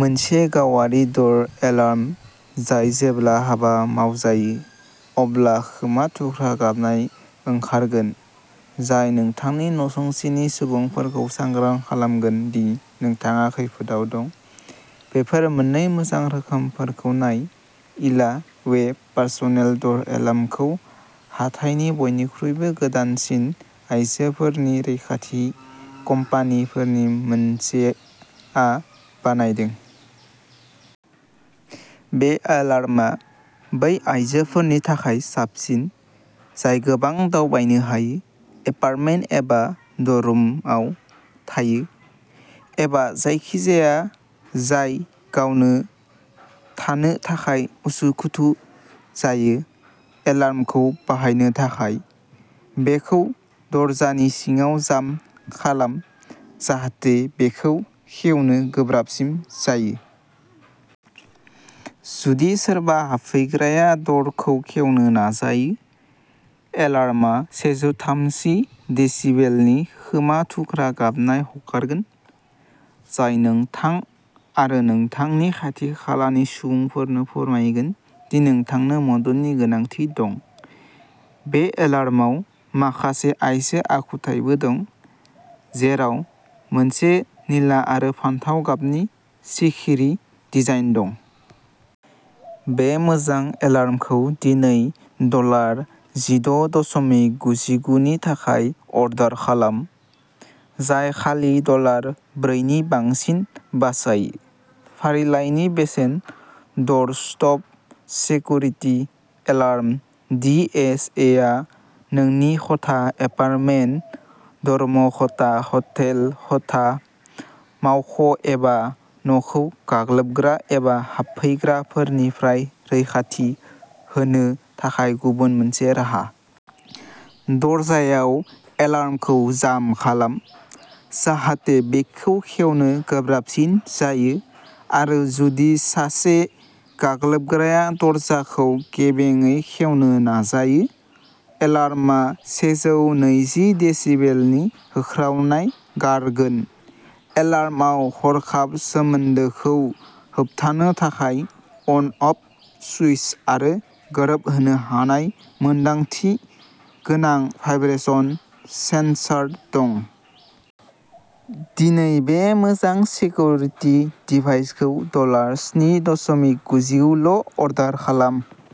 मोनसे गावारि द'र एलार्म, जाय जेब्ला हाबा मावजायि, अब्ला खोमा थुख्रा गाबनाय ओंखारगोन, जाय नोंथांनि न'सुंसेनि सुबुंफोरखौ सांग्रां खालामगोन दि नोंथाङा खैफोदआव दं। बेफोर मोननै मोजां रोखोमफोरखौ नाय। इला वेज पार्सनेल द'र एलार्मखौ हाथाइनि बयनिख्रुइबो गोदानसिन आयजोफोरनि रैखाथि कम्पानिफोरनि मोनसेआ बानायदों। बे एलार्मआ बै आयजोफोरनि थाखाय साबसिन, जाय गोबां दावबायनो हायो, एपार्टमेन्ट एबा डर्म माव थायो, एबा जायखिजाया जाय गावनो थानो थाखाय उसुखुथु जायो। एलार्मखौ बाहायनो थाखाय, बेखौ दरजानि सिङाव जाम खालाम, जाहाथे बेखौ खेवनो गोब्राबसिन जायो। जुदि सोरबा हाबफैग्राया द'रखौ खेवनो नाजायो, एलार्मआ सेजौ थामजि डेसिबेलनि खोमा थुख्रा गाबनाय हगारगोन, जाय नोंथां आरो नोंथांनि खाथि खालानि सुबुंफोरनो फोरमायगोन दि नोंथांनो मददनि गोनांथि दं। बे एलार्माव माखासे आइजो आखुथायबो दं, जेराव मोनसे निला आरो फान्थाव गाबनि सिखिरि डिजाइन दं। बे मोजां एलार्मखौ दिनै डलार जि द' दसमिक गुजिगुनि थाखाय अर्डार खालाम, जाय खालि डलार ब्रैनि बांसिन बासायो। फारिलाइनि बेसेन। Door stop security alarm D S A आ नोंनि खथा, एपार्टमेन्ट, ड'र्म खथा, हटेल खथा, मावख' एबा न'खौ गाग्लोबग्रा एबा हाबफैग्राफोरनिफ्राय रैखाथि होनो थाखाय गुबुन मोनसे राहा। दरजायाव एलार्मखौ जाम खालाम, जाहाथे बेखौ खेवनो गोब्राबसिन जायो, आरो जुदि सासे गाग्लोबग्राया दरजाखौ गेबेंयै खेवनो नाजायो, एलार्मआ सेजौ नैजि डेसिबेलनि होख्रावनाय गारगोन। एलार्मआव हरखाब सोमोन्दोखौ होबथानो थाखाय अन अफ सुइच आरो गोरोबहोनो हानाय मोनदांथि गोनां भाइब्रेशन सेनसार दं। दिनै बे मोजां सेकुरिटि डिभाइसखौ डलार स्नि दसमिक गुजिगुल' अर्डार खालाम।